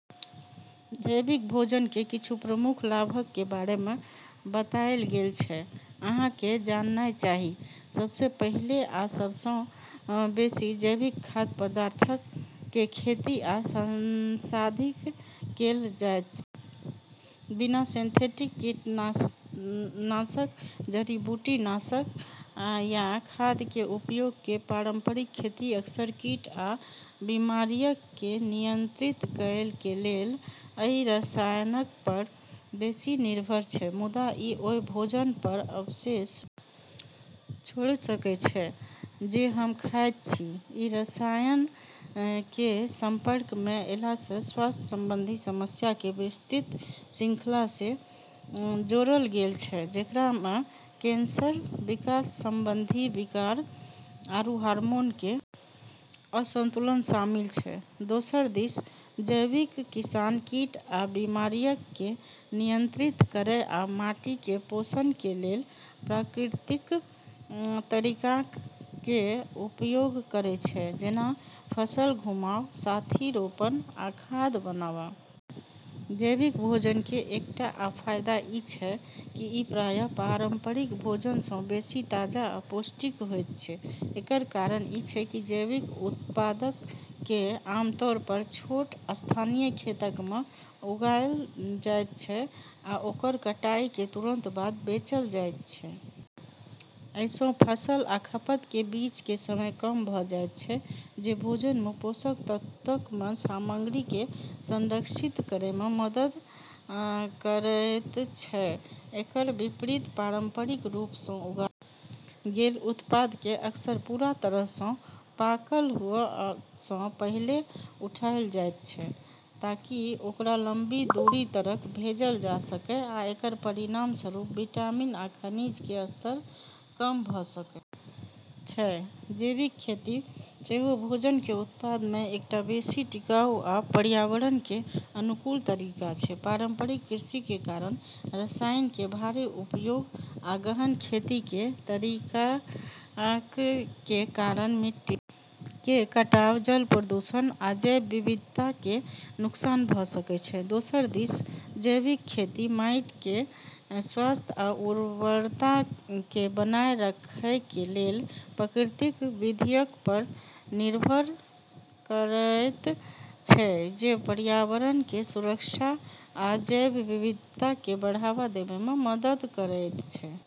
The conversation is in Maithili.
जैविक भोजन कें किच्छू प्रमुख लाभक कें बारे मे बताएल गेल छै जे अहां कें जाननाय चाही, सबसे पहिले आ सब सं बेसि जैविक खाद्य पदार्थक कें खेती आ संसाधित कैल जायत छै, बिना सिंथेटिक कीटनाशक, जड़ी-बूटी नाशक या खाद कें उपयोग कें पारंपरिक खेती अक्सर कीट आ बीमारियक कें नियंत्रित करय कें लेल अइ रसायनक पर बेसि निर्भर छै मुदा इ ओय भोजन पर अवशेष छोड़ सकय छै जे हम खायत छी, ई रसायनऽ के संपर्क मे ऐला से स्वास्थ्य संबंधी समस्या के विस्तृत श्रृंखला से जोड़लऽ गेलऽ छै जेकरा मे कैंसर, विकास संबंधी विकार, आरू हार्मोन के असंतुलन शामिल छै, दोसर दिस जैविक किसान कीट आ बीमारियक कें नियंत्रित करय आ माटी कें पोषण कें लेल प्राकृतिक तरीकाक कें उपयोग करय छै जेना फसल घुमाव, साथी रोपनी आ खाद बनावा, जैविक भोजन कें एकटा आ फायदा इ छै की इ प्रायः पारंपरिक भोजन सं बेसि ताजा आ पौष्टिक होयत छै, एकर कारण इ छै की जैविक उत्पादक कें आमतौर पर छोट, स्थानीय खेतक मे उगाएल जायत छै आ ओकर कटाई कें तुरंत बाद बेचल जायत छै. अइ सं फसल आ खपत कें बीच कें समय कम भ जायत छै जे भोजन मे पोषक तत्वक कें सामग्री कें संरक्षित करय मे मदद करएयत छै, एकर विपरीत पारंपरिक रूप सं उगाएल गेल उत्पादक कें अक्सर पूरा तरह सं पाकल हुअ सं पहिले उठाएल जायत छै, ताकि ओकरा लंबा दूरी तइक भेजल जा सकय आ एकर परिणामस्वरूप विटामिन आ खनिज कें स्तर कम भ सकय छै, जैविक खेती सेहो भोजन कें उत्पादन कें एकटा बेसि टिकाऊ आ पर्यावरण कें अनुकूल तरीका छै, पारंपरिक कृषि कें कारण रसायन कें भारी उपयोग आ गहन खेती कें तरीकाक कें कारण मिट्टी कें कटाव, जल प्रदूषण आ जैव विविधता कें नुकसान भ सकय छै, दोसर दिस जैविक खेती माइट कें स्वास्थ्य आ उर्वरता कें बनाए रखएय कें लेल प्राकृतिक विधियक पर निर्भर करएयत छै जे पर्यावरण कें सुरक्षा आ जैव विविधता कें बढ़ावा देवय मे मदद करएयत छै।